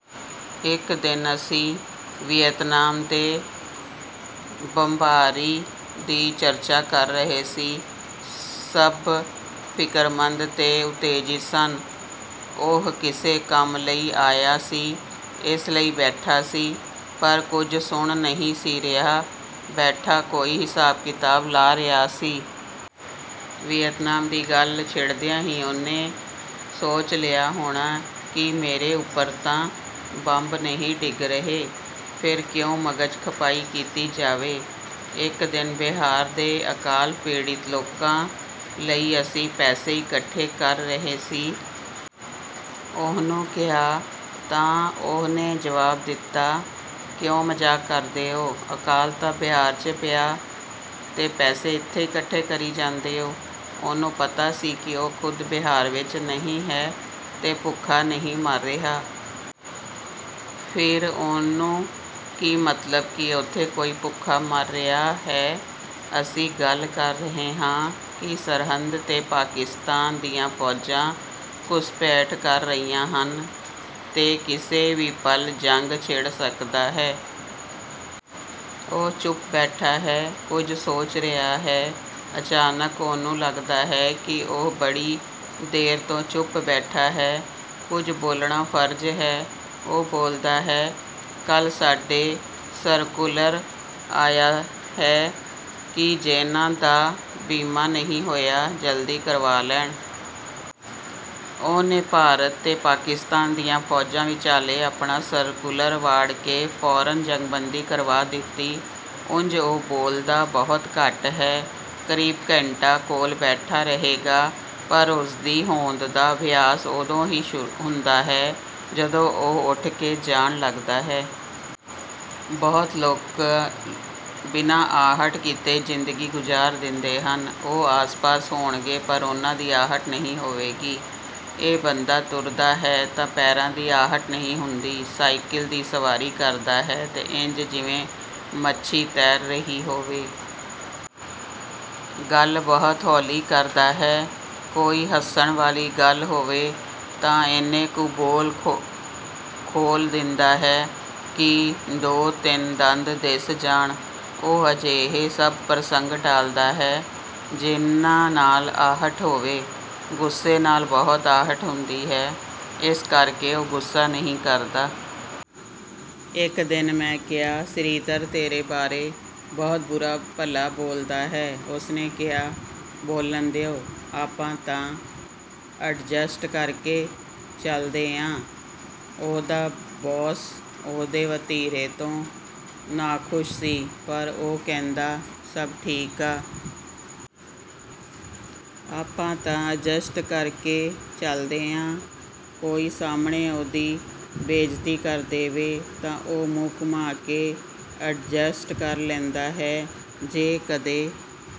ਇੱਕ ਦਿਨ ਅਸੀਂ ਵੀਅਤਨਾਮ 'ਤੇ ਬੰਬਾਰੀ ਦੀ ਚਰਚਾ ਕਰ ਰਹੇ ਸੀ। ਸਭ ਫਿਕਰਮੰਦ ਤੇ ਉਤੇਜਿਤ ਸਨ। ਉਹ ਕਿਸੇ ਕੰਮ ਲਈ ਆਇਆ ਸੀ, ਇਸ ਲਈ ਬੈਠਾ ਸੀ, ਪਰ ਕੁਝ ਸੁਣ ਨਹੀਂ ਸੀ ਰਿਹਾ। ਬੈਠਾ ਕੋਈ ਹਿਸਾਬ-ਕਿਤਾਬ ਲਾ ਰਿਹਾ ਸੀ। ਵੀਅਤਨਾਮ ਦੀ ਗੱਲ ਛਿੜਦਿਆਂ ਹੀ ਉਹਨੇ ਸੋਚ ਲਿਆ ਹੋਣਾ ਕਿ ਮੇਰੇ ਉੱਪਰ ਤਾਂ ਬੰਬ ਨਹੀਂ ਡਿੱਗ ਰਹੇ, ਫਿਰ ਕਿਉਂ ਮਗਜ਼ ਖਪਾਈ ਕੀਤੀ ਜਾਵੇ। ਇੱਕ ਦਿਨ ਬਿਹਾਰ ਦੇ ਅਕਾਲ ਪੀੜਤ ਲੋਕਾਂ ਲਈ ਅਸੀਂ ਪੈਸੇ ਇਕੱਠੇ ਕਰ ਰਹੇ ਸੀ। ਉਹਨੂੰ ਕਿਹਾ ਤਾਂ ਉਹਨੇ ਜਵਾਬ ਦਿੱਤਾ, "ਕਿਉਂ ਮਜ਼ਾਕ ਕਰਦੇ ਓ। ਅਕਾਲ ਤਾਂ ਬਿਹਾਰ 'ਚ ਪਿਆ ਤੇ ਪੈਸੇ ਇੱਥੇ ਇਕੱਠੇ ਕਰੀ ਜਾਂਦੇ ਓ।" ਉਹਨੂੰ ਪਤਾ ਸੀ ਕਿ ਉਹ ਖੁਦ ਬਿਹਾਰ ਵਿੱਚ ਨਹੀਂ ਹੈ ਤੇ ਭੁੱਖਾ ਨਹੀਂ ਮਰ ਰਿਹਾ। ਫਿਰ ਉਹਨੂੰ ਕੀ ਮਤਲਬ ਕਿ ਉੱਥੇ ਕੋਈ ਭੁੱਖਾ ਮਰ ਰਿਹਾ ਹੈ। ਅਸੀਂ ਗੱਲ ਕਰ ਰਹੇ ਹਾਂ ਕਿ ਸਰਹੱਦ 'ਤੇ ਪਾਕਿਸਤਾਨ ਦੀਆਂ ਫੌਜਾਂ ਘੁਸਪੈਠ ਕਰ ਰਹੀਆਂ ਹਨ ਤੇ ਕਿਸੇ ਵੀ ਪਲ ਜੰਗ ਛਿੜ ਸਕਦਾ ਹੈ। ਉਹ ਚੁੱਪ ਬੈਠਾ ਹੈ, ਕੁਝ ਸੋਚ ਰਿਹਾ ਹੈ। ਅਚਾਨਕ ਉਹਨੂੰ ਲਗਦਾ ਹੈ ਕਿ ਉਹ ਬੜੀ ਦੇਰ ਤੋਂ ਚੁੱਪ ਬੈਠਾ ਹੈ, ਕੁਝ ਬੋਲਣਾ ਫਰਜ਼ ਹੈ। ਉਹ ਬੋਲਦਾ ਹੈ, "ਕੱਲ ਸਾਡੇ ਸਰਕੂਲਰ ਆਇਆ ਹੈ ਕਿ ਜਿਹਨਾਂ ਦਾ ਬੀਮਾ ਨਹੀਂ ਹੋਇਆ ਜਲਦੀ ਕਰਵਾ ਲੈਣ।" ਉਹਨੇ ਭਾਰਤ ਤੇ ਪਾਕਿਸਤਾਨ ਦੀਆਂ ਫੌਜਾਂ ਵਿਚਾਲੇ ਆਪਣਾ ਸਰਕੂਲਰ ਵਾੜ ਕੇ ਫੌਰਨ ਜੰਗਬੰਦੀ ਕਰਵਾ ਦਿੱਤੀ। ਉਂਝ ਉਹ ਬੋਲਦਾ ਬਹੁਤ ਘੱਟ ਹੈ। ਕਰੀਬ ਘੰਟਾ ਕੋਲ ਬੈਠਾ ਰਹੇਗਾ, ਪਰ ਉਸਦੀ ਹੋਂਦ ਦਾ ਅਹਿਸਾਸ ਉਦੋਂ ਹੀ ਹੁੰਦਾ ਹੈ ਜਦੋਂ ਉਹ ਉੱਠ ਕੇ ਜਾਣ ਲਗਦਾ ਹੈ। ਬਹੁਤ ਲੋਕ ਬਿਨਾਂ ਆਹਟ ਕੀਤੇ ਜ਼ਿੰਦਗੀ ਗੁਜ਼ਾਰ ਦਿੰਦੇ ਹਨ। ਉਹ ਆਸ-ਪਾਸ ਹੋਣਗੇ, ਪਰ ਉਹਨਾਂ ਦੀ ਆਹਟ ਨਹੀਂ ਹੋਵੇਗੀ। ਇਹ ਬੰਦਾ ਤੁਰਦਾ ਹੈ ਤਾਂ ਪੈਰਾਂ ਦੀ ਆਹਟ ਨਹੀਂ ਹੁੰਦੀ। ਸਾਈਕਲ ਦੀ ਸਵਾਰੀ ਕਰਦਾ ਹੈ ਤਾਂ ਇੰਝ ਜਿਵੇਂ ਮੱਛੀ ਤੈਰ ਰਹੀ ਹੋਵੇ। ਗੱਲ ਬਹੁਤ ਹੌਲੀ ਕਰਦਾ ਹੈ। ਕੋਈ ਹੱਸਣ ਵਾਲੀ ਗੱਲ ਹੋਵੇ ਤਾਂ ਇੰਨੇ ਕੁ ਬੁੱਲ੍ਹ ਖੋਲ੍ਹ ਦਿੰਦਾ ਹੈ ਕਿ ਦੋ-ਤਿੰਨ ਦੰਦ ਦਿਸ ਜਾਣ। ਉਹ ਅਜਿਹੇ ਸਭ ਪ੍ਰਸੰਗ ਟਾਲਦਾ ਹੈ ਜਿਹਨਾਂ ਨਾਲ ਆਹਟ ਹੋਵੇ। ਗੁੱਸੇ ਨਾਲ ਬਹੁਤ ਆਹਟ ਹੁੰਦੀ ਹੈ, ਇਸ ਕਰਕੇ ਉਹ ਗੁੱਸਾ ਨਹੀਂ ਕਰਦਾ। ਇੱਕ ਦਿਨ ਮੈਂ ਕਿਹਾ, "ਸ਼੍ਰੀਧਰ ਤੇਰੇ ਬਾਰੇ ਬਹੁਤ ਬੁਰਾ-ਭਲਾ ਬੋਲਦਾ ਹੈ।" ਉਸਨੇ ਕਿਹਾ, "ਬੋਲਣ ਦਿਓ। ਆਪਾਂ ਤਾਂ ਅਡਜਸਟ ਕਰਕੇ ਚਲਦੇ ਆਂ।" ਉਹਦਾ ਬੌਸ ਉਹਦੇ ਵਤੀਰੇ ਤੋਂ ਨਾਖੁਸ਼ ਸੀ। ਪਰ ਉਹ ਕਹਿੰਦਾ, "ਸਭ ਠੀਕ ਆ। ਆਪਾਂ ਤਾਂ ਅਡਜਸਟ ਕਰਕੇ ਚਲਦੇ ਆਂ।" ਕੋਈ ਸਾਹਮਣੇ ਉਹਦੀ ਬੇਇੱਜ਼ਤੀ ਕਰ ਦੇਵੇ ਤਾਂ ਉਹ ਮੂੰਹ ਘੁਮਾ ਕੇ ਅਡਜਸਟ ਕਰ ਲੈਂਦਾ ਹੈ। ਜੇ ਕਦੇ